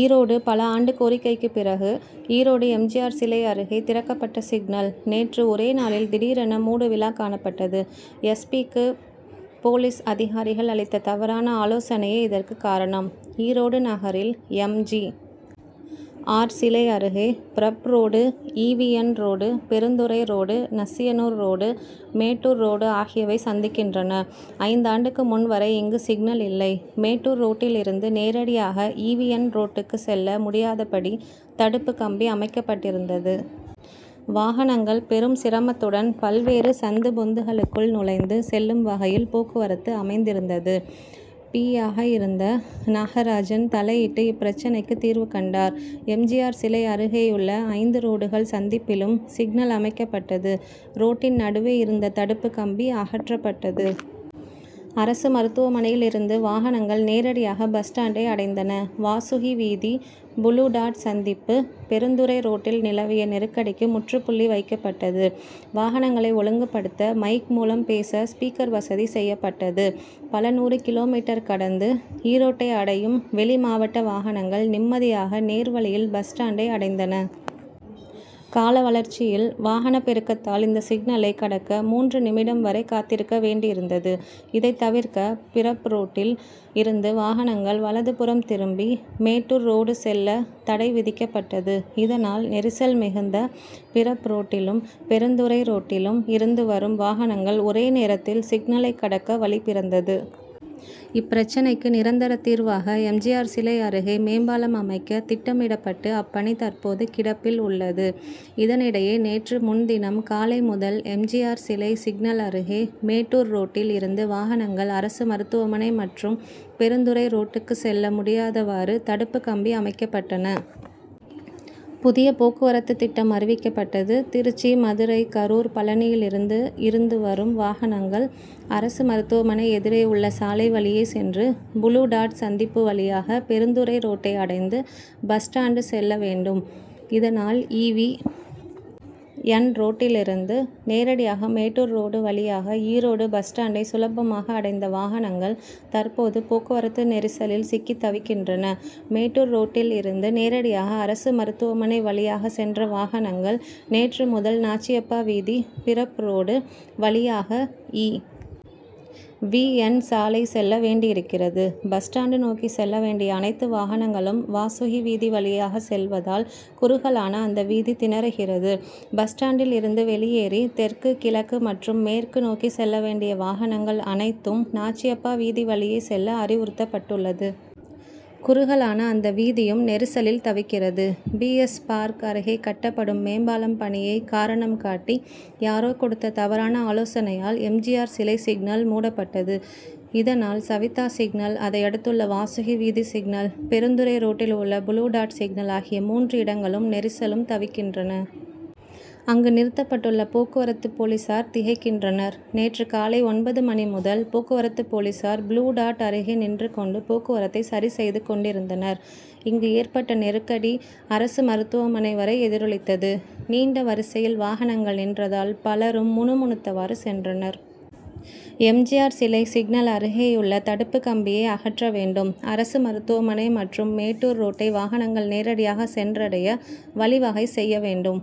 ஈரோடு பல ஆண்டு கோரிக்கைக்கு பிறகு ஈரோடு எம். ஜி. ஆர்., சிலை அருகே திறக்கப்பட்ட சிக்னல், நேற்று ஒரே நாளில் திடீரென மூடு விழா காணப்பட்டது. எஸ். பி.,க்கு போலீஸ் அதிகாரிகள் அளித்த தவறான ஆலோசனையே இதற்கு காரணம். ஈரோடு நகரில் எம். ஜி. ஆர்., சிலை அருகே Brough road, E. V. N. Road, Perundurai road, Nasiyanur road, Mettur road ஆகியவை சந்திக்கின்றன. ஐந்தாண்டுக்கு முன் வரை இங்கு சிக்னல் இல்லை. மேட்டூர் ரோட்டில் இருந்து நேரடியாக ஈ. வி. என். ரோட்டுக்கு செல்ல முடியாதபடி தடுப்பு கம்பி அமைக்கப்பட்டிருந்தது. வாகனங்கள் பெரும் சிரமத்துடன் பல்வேறு சந்து பொந்துகளுக்குள் நுழைந்து செல்லும் வகையில் போக்குவரத்து அமைந்திருந்தது. பி.,யாக இருந்த நாகராஜன் தலையிட்டு இப்பிரச்னைக்கு தீர்வு கண்டார். எம். ஜி. ஆர். சிலை அருகேயுள்ள ஐந்து ரோடுகள் சந்திப்பிலும் சிக்னல் அமைக்கப்பட்டது. ரோட்டின் நடுவே இருந்த தடுப்பு கம்பி அகற்றப்பட்டது. அரசு மருத்துவமனையில் இருந்து வாகனங்கள் நேரடியாக பஸ் ஸ்டாண்டை அடைந்தன. வாசுகி வீதி, புளூ டாட் சந்திப்பு, பெருந்துறை ரோட்டில் நிலவிய நெருக்கடிக்கு முற்றுப்புள்ளி வைக்கப்பட்டது. வாகனங்களை ஒழுங்குபடுத்த மைக் மூலம் பேச ஸ்பீக்கர் வசதி செய்யப்பட்டது. பல நூறு கி. மீ., கடந்து ஈரோட்டை அடையும் வெளி மாவட்ட வாகனங்கள் நிம்மதியாக நேர் வழியில் பஸ் ஸ்டாண்டை அடைந்தன. கால வளர்ச்சியில் வாகனப் பெருக்கத்தால் இந்த சிக்னலை கடக்க மூன்று நிமிடம் வரை காத்திருக்க வேண்டியிருந்தது. இதை தவிர்க்க பிரப் ரோட்டில் இருந்து வாகனங்கள் வலதுபுறம் திரும்பி மேட்டூர் ரோடு செல்ல தடை விதிக்கப்பட்டது. இதனால், நெரிசல் மிகுந்த பிரப் ரோட்டிலும், பெருந்துறை ரோட்டிலும் இருந்து வரும் வாகனங்கள் ஒரே நேரத்தில் சிக்னலை கடக்க வழி பிறந்தது. இப்பிரச்னைக்கு நிரந்தர தீர்வாக எம். ஜி. ஆர். சிலை அருகே மேம்பாலம் அமைக்க திட்டமிடப்பட்டு, அப்பணி தற்போது கிடப்பில் உள்ளது. இதனிடையே, நேற்று முன்தினம் காலை முதல் எம். ஜி. ஆர்., சிலை சிக்னல் அருகே மேட்டூர் ரோட்டில் இருந்து வாகனங்கள் அரசு மருத்துவமனை மற்றும் பெருந்துறை ரோட்டுக்கு செல்ல முடியாதவாறு தடுப்பு கம்பி அமைக்கப்பட்டன. புதிய போக்குவரத்து திட்டம் அறிவிக்கப்பட்டது. திருச்சி, மதுரை கரூர், பழனியில் இருந்து இருந்து வரும் வாகனங்கள் அரசு மருத்துவமனை எதிரே உள்ள சாலை வழியே சென்று, புளூ டாட்' சந்திப்பு வழியாக பெருந்துறை ரோட்டை அடைந்து பஸ் ஸ்டாண்டு செல்ல வேண்டும். இதனால், ஈ. வி. என்., ரோட்டில் இருந்து நேரடியாக மேட்டூர் ரோடு வழியாக ஈரோடு பஸ் ஸ்டாண்டை சுலபமாக அடைந்த வாகனங்கள் தற்போது போக்குவரத்து நெரிசலில் சிக்கி தவிக்கின்றன. மேட்டூர் ரோட்டில் இருந்து நேரடியாக அரசு மருத்துவமனை வழியாக சென்ற வாகனங்கள், நேற்று முதல் நாச்சியப்பா வீதி, பிரப் ரோடு, வழியாக இ. வி. என்., சாலை செல்ல வேண்டியிருக்கிறது. பஸ் ஸ்டாண்டு நோக்கி செல்ல வேண்டிய அனைத்து வாகனங்களும் வாசுகி வீதி வழியாக செல்வதால், குறுகலான அந்த வீதி திணறுகிறது. பஸ் ஸ்டாண்டில் இருந்து வெளியேறி தெற்கு, கிழக்கு மற்றும் மேற்கு நோக்கி செல்ல வேண்டிய வாகனங்கள் அனைத்தும் நாச்சியப்பா வீதி வழியே செல்ல அறிவுறுத்தப்பட்டுள்ளது. குறுகலான அந்த வீதியும் நெரிசலில் தவிக்கிறது. பி. எஸ். பார்க் அருகே கட்டப்படும் மேம்பாலம் பணியை காரணம் காட்டி, யாரோ கொடுத்த தவறான ஆலோசனையால் எம். ஜி. ஆர். சிலை சிக்னல் மூடப்பட்டது. இதனால், சவீதா சிக்னல், அதையடுத்துள்ள வாசுகி வீதி சிக்னல், பெருந்துறை ரோட்டில் உள்ள புளூ டாட்' சிக்னல் ஆகிய மூன்று இடங்களும் நெரிசலும் தவிக்கின்றன. அங்கு நிறுத்தப்பட்டுள்ள போக்குவரத்து போலீஸார் திகைக்கின்றனர். நேற்று காலை ஒன்பது மணி முதல் போக்குவரத்து போலீஸார், புளூ டாட்' அருகே நின்று கொண்டு போக்குவரத்தை சரி செய்து கொண்டிருந்தனர். இங்கு ஏற்பட்ட நெருக்கடி, அரசு மருத்துவமனை வரை எதிரொலித்தது. நீண்ட வரிசையில் வாகனங்கள் நின்றதால் பலரும் முணுமுணுத்தவாறு சென்றனர். எம். ஜி. ஆர்., சிலை சிக்னல் அருகேயுள்ள தடுப்பு கம்பியை அகற்ற வேண்டும். அரசு மருத்துவமனை மற்றும் மேட்டூர் ரோட்டை வாகனங்கள் நேரடியாக சென்றடைய வழி வகை செய்ய வேண்டும்.